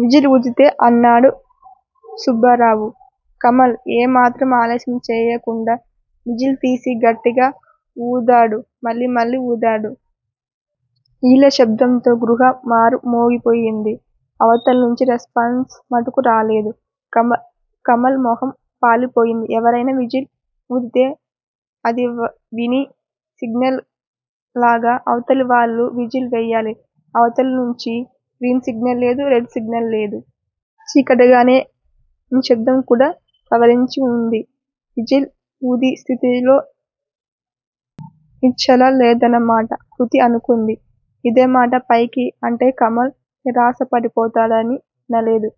Whistle ఊదితే అన్నాడు సుబ్బారావు. కమల్ ఏ మాత్రం ఆలస్యం చేయకుండా విజిల్ తీసి గట్టిగా వూదాడు మళ్ళీ మళ్ళీ వూదాడు. ఈల శబ్దంతో గృహ మారు మోగిపోయింది. అవతలనుంచి రెస్పాన్స్ మటుకు రాలేదు. కమల్ కమల్ ముఖం పాలిపోయింది. ఎవరైనా విజిల్ వూదితే అదివి విని సిగ్నల్ లాగా అవతలి వాళ్ళు విజిల్ వేయాలి అవతలి నుంచి గ్రీన్ సిగ్నల్ లేదు రెడ్ సిగ్నల్ లేదు. చీకటికాగానే నిశ్శబ్దం కూడా అవరించి వుంది. విజిల్ ఊదే స్థితిలో నిశ్చలలేదన్నమాట కృతి అనుకుంది. ఇదేమాట పైకి అంటే కమల్ నిరాశపడిపోతాడని అనలేదు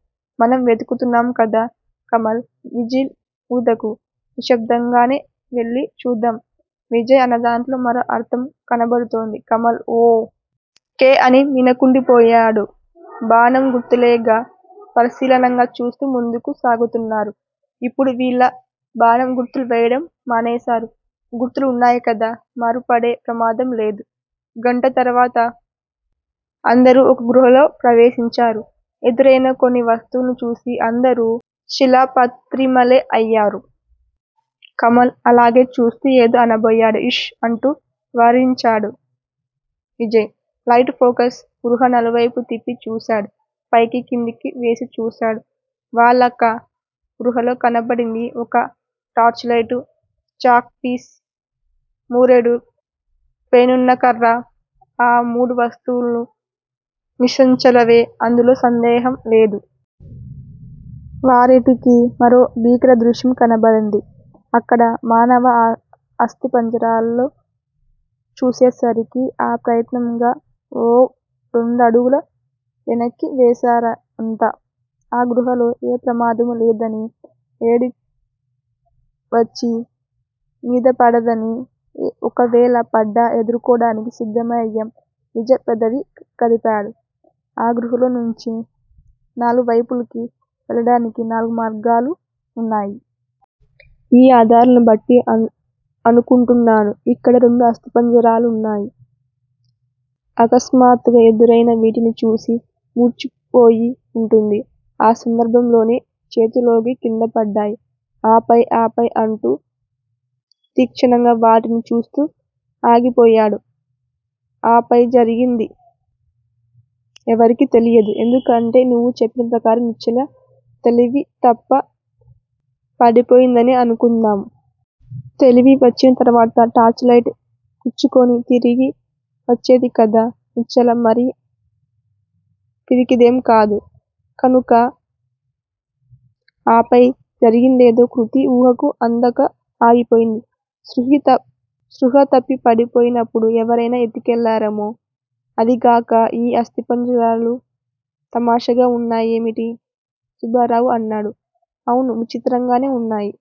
మనం వెతుకు తున్నాము కదా కమల్! విజిల్ ఊదకు నిశ్శబ్దం గానే వెళ్ళి చూద్దాం విజయ్ అనదాంట్లో మరో అర్ధం కనబడుతోంది కమల్ ఓ. కే. అని మిన్నకుండిపోయాడు. బాణం గుర్తులెగా పరిశీలనగా చూస్తూ ముందుకు సాగుతున్నారు. ఇప్పుడు వీళ్ళ బాణం గుర్తులు వేయటం మానేశారు గుర్తులు వున్నాయికదా మారుపడే ప్రమాదం లేదు. గంట తర్వాత. అందరూ ఓక గ్రూహలో ప్రవేశించారు. ఎదురైన కొన్ని వస్తువుల్ని చూసి అందరూ శిలాప్రత్రి మలే అయ్యారు. కమల్ అలాగే చూస్తూ ఏదో అనబోయాడు ఇష్ అంటూ వారించాడు విజయ్. లైటు ఫోకస్ గ్రూహ నలువైపులా తిప్పి చూశాడు. పైకి కిందికి వేసి చూశాడు. వాళ్ళకా గ్రు హలో కనబడింది. ఒక టార్చిలైటు, చాక్ పీసు మూరెడు పైనున్నకర్ర, ఆమూడు వస్తువులూ నిసంచలవే అందులో సందేహం లేదు. వారిటికి మరో భీకర దృశ్యం కనబడింది. అక్కడ మానవ ఆ ఆస్తి పంజిరాల్లో చూసేసరికి ఆ ప్రయత్నంగా ఓ రెండడుగుల వెనక్కీ వేశారంతా. ఆ గృహలో ఏ ప్రమాదమూ లేదని. ఏడీవచ్చి మీద పడదని ఓక వేళ పడ్డా ఎదుర్కోడానికి సిద్దమే అయ్యాం విజయ్ పెదవి కదిపాడు. ఆ గృహ లోంచి నాలుగువైపులకీ వెళ్ళడానికి నాలుగు మార్గాలున్నాయి. ఈ ఆధారాలనుబట్టి అనుకుంటున్నాను. ఇక్కడ రెండు అస్థిపంజరాలున్నాయి. అకస్మాత్తుగా ఎదురైనా వీటిని చూసి మూర్చపోయి వుంటుంది. ఆ సందర్భం లోనే చేతిలోకి కిందపడ్డాయి ఆపై ఆపై అంటూ తీక్షణంగా వాటిని చూస్తూ ఆగిపోయాడు. ఆపై జరిగింది ఎవరికీ తెలియదు. ఎందుకంటే నువ్వు చెప్పిన ప్రకారం నిశ్చల తెలివి తప్ప పడిపోయిందనే అనుకుందాం. తెలివి వచ్చింతర్వాత టార్చ్ లైటు పుచ్చుకుని తిరిగి వచ్చేది కదా! నిశ్చల మరీ పిరికిదేంకాదు కనుక! ఆ పై జరిగిందేదో కృతి ఊహకు అందక ఆగిపోయింది. స్పృహ స్పృహా తప్పిపడి పోయినప్పుడు ఎవరైనా ఎత్తి కెళ్ళారేమో! అదీ గాక ఈ అస్థిపంజరాలు తామషాగా వున్నాయేమిటి? సుబ్బారావు అన్నాడు. అవును విచిత్రంగానే వున్నాయి.